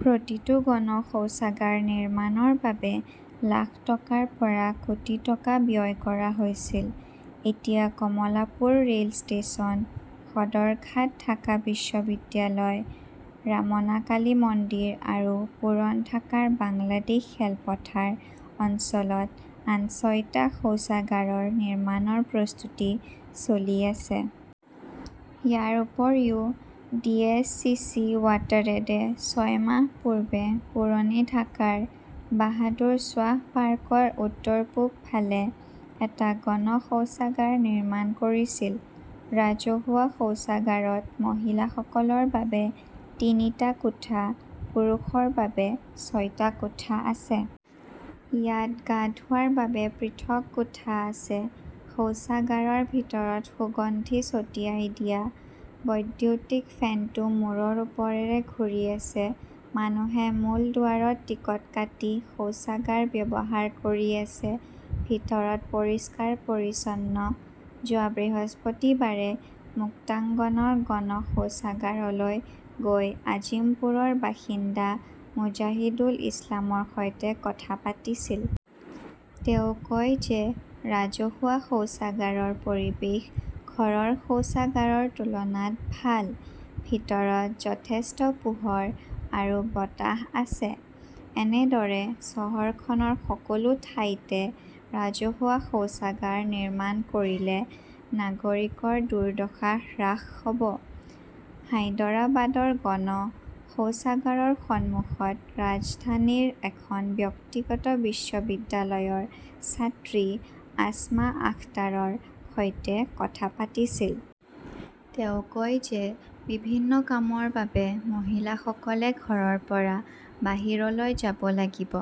প্ৰতিটো গণ শৌচাগাৰ নিৰ্মাণৰ বাবে লাখ টকাৰ পৰা কোটি টকা ব্যয় কৰা হৈছিল। এতিয়া কমলাপুৰ ৰেল ষ্টেচন, সদৰঘাট, ঢাকা বিশ্ববিদ্যালয়, ৰামনা কালী মন্দিৰ আৰু পুৰণ ঢাকাৰ বাংলাদেশ খেলপথাৰ অঞ্চলত আন ছয়টা শৌচাগাৰৰ নিৰ্মাণৰ প্ৰস্তুতি চলি আছে। ইয়াৰ উপৰিও, ডি. এছ. চি. চি. ৱাটাৰএডে ছয় মাহ পূৰ্বে পুৰণি ঢাকাৰ বাহাদুৰ শ্বাহ পাৰ্কৰ উত্তৰ-পূব ফালে এটা গণ শৌচাগাৰ নিৰ্মাণ কৰিছিল। ৰাজহুৱা শৌচাগাৰত মহিলাসকলৰ বাবে তিনিটা কোঠা, পুৰুষৰ বাবে ছয়টা কোঠা আছে। ইয়াত গা ধোৱাৰ বাবে পৃথক কোঠা আছে। শৌচাগাৰৰ ভিতৰত সুগন্ধি ছটিয়াই দিয়া। বৈদ্যুতিক ফেনটো মূৰৰ ওপৰেৰে ঘূৰি আছে। মানুহে মূল দুৱাৰত টিকট কাটি শৌচাগাৰ ব্যৱহাৰ কৰি আছে। ভিতৰত পৰিষ্কাৰ-পৰিচ্ছন্ন। যোৱা বৃহস্পতিবাৰে মুক্তাংগনৰ গণ শৌচাগাৰলৈ গৈ আজিমপুৰৰ বাসিন্দা মুজাহিদুল ইছলামৰ সৈতে কথা পাতিছিল। তেওঁ কয় যে ৰাজহুৱা শৌচাগাৰৰ পৰিৱেশ ঘৰৰ শৌচাগাৰৰ তুলনাত ভাল। ভিতৰত যথেষ্ট পোহৰ আৰু বতাহ আছে। এনেদৰে চহৰখনৰ সকলো ঠাইতে ৰাজহুৱা শৌচাগাৰ নিৰ্মাণ কৰিলে নাগৰিকৰ দুৰ্দশা হ্ৰাস হ'ব। হায়দৰাবাদৰ গণ শৌচাগাৰৰ সন্মুখত ৰাজধানীৰ এখন ব্যক্তিগত বিশ্ববিদ্যালয়ৰ ছাত্ৰী আছমা আখতাৰৰ সৈতে কথা পাতিছিল। তেওঁ কয় যে বিভিন্ন কামৰ বাবে মহিলাসকলে ঘৰৰ পৰা বাহিৰলৈ যাব লাগিব।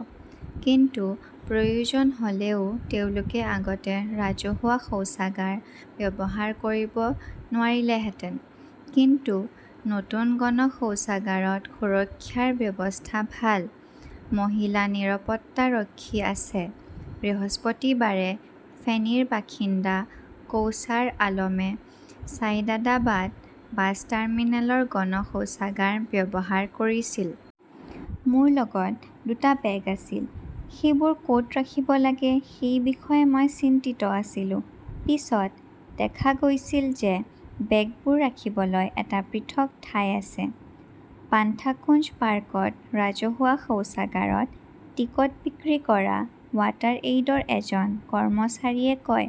কিন্তু প্ৰয়োজন হ'লেও তেওঁলোকে আগতে ৰাজহুৱা শৌচাগাৰ ব্যৱহাৰ কৰিব নোৱাৰিলেহেঁতেন। কিন্তু নতুন গণ শৌচাগাৰত সুৰক্ষাৰ ব্যৱস্থা ভাল। মহিলা নিৰাপত্তাৰক্ষী আছে। বৃহস্পতিবাৰে ফেনীৰ বাসিন্দা কৌচাৰ আলমে ছাইদাদাবাদ বাছ টাৰ্মিনেলৰ গণ শৌচাগাৰ ব্যৱহাৰ কৰিছিল। মোৰ লগত দুটা বেগ আছিল। সেইবোৰ ক'ত ৰাখিব লাগে সেই বিষয়ে মই চিন্তিত আছিলো। পিছত দেখা গৈছিল যে, বেগবোৰ ৰাখিবলৈ এটা পৃথক ঠাই আছে। পান্থাকুঞ্জ পাৰ্কত ৰাজহুৱা শৌচাগাৰত টিকট বিক্ৰী কৰা ৱাটাৰএইডৰ এজন কৰ্মচাৰীয়ে কয়,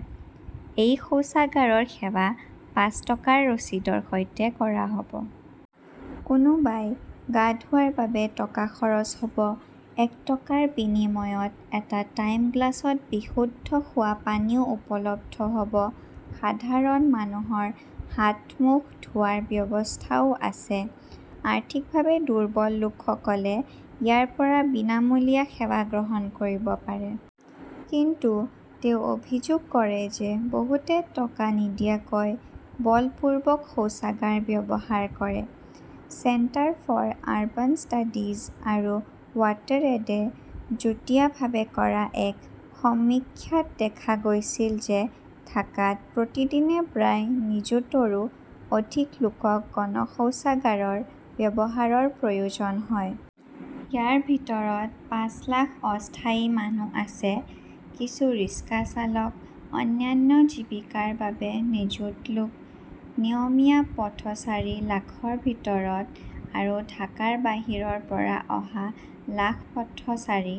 এই শৌচাগাৰৰ সেৱা পাঁচ টকাৰ ৰচিদৰ সৈতে কৰা হ'ব। কোনোবাই গা ধোৱাৰ বাবে টকা খৰচ হ'ব। এক টকাৰ বিনিময়ত এটা টাইমগ্লাছত বিশুদ্ধ খোৱা পানীও উপলব্ধ হ'ব। সাধাৰণ মানুহৰ হাত-মুখ ধোৱাৰ ব্যৱস্থাও আছে। আৰ্থিকভাৱে দুৰ্বল লোকসকলে ইয়াৰ পৰা বিনামূলীয়া সেৱা গ্ৰহণ কৰিব পাৰে। কিন্তু তেওঁ অভিযোগ কৰে যে, বহুতে টকা নিদিয়াকৈ বলপূৰ্বক শৌচাগাৰ ব্যৱহাৰ কৰে। চেণ্টাৰ ফৰ আৰবান ষ্টাডিজ আৰু ৱাটাৰএডে যুটীয়াভাৱে কৰা এক সমীক্ষাত দেখা গৈছিল যে ঢাকাত প্ৰতিদিনে প্ৰায় নিযুতৰো অধিক লোকক গণ শৌচাগাৰৰ ব্যৱহাৰৰ প্ৰয়োজন হয়। ইয়াৰ ভিতৰত পাঁচ লাখ অস্থায়ী মানুহ আছে, কিছু ৰিক্সা চালক। অন্যান্য জীৱিকাৰ বাবে নিযুত লোক। নিয়মীয়া পথচাৰী লাখৰ ভিতৰত আৰু ঢাকাৰ বাহিৰৰ পৰা অহা লাখ পথচাৰী।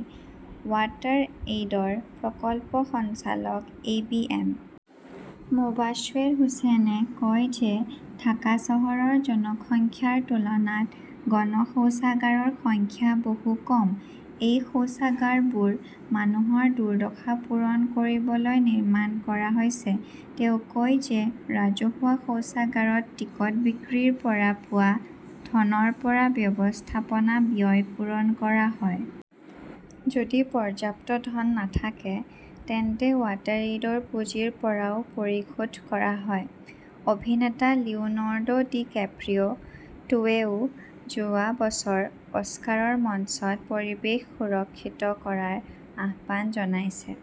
ৱাটাৰ এইডৰ প্ৰকল্প সঞ্চালক এ. বি. এম. মোবাশ্বেৰ হুচেইনে কয় যে ঢাকা চহৰৰ জনসংখ্যাৰ তুলনাত গণ শৌচাগাৰৰ সংখ্যা বহু কম। এই শৌচাগাৰবোৰ মানুহৰ দুৰ্দশা পূৰণ কৰিবলৈ নিৰ্মাণ কৰা হৈছে। তেওঁ কয় যে ৰাজহুৱা শৌচাগাৰত টিকট বিক্ৰীৰ পৰা পোৱা ধনৰ পৰা ব্যৱস্থাপনা ব্যয় পূৰণ কৰা হয়। যদি পৰ্যাপ্ত ধন নাথাকে তেন্তে ৱাটাৰএইডৰ পুঁজিৰ পৰাও পৰিশোধ কৰা হয়। অভিনেতা লিওনৰ্ডো ডি কেপ্ৰিঅ "টোৱেও যোৱা বছৰ অস্কাৰৰ মঞ্চত পৰিৱেশ সুৰক্ষিত কৰাৰ আহ্বান জনাইছে।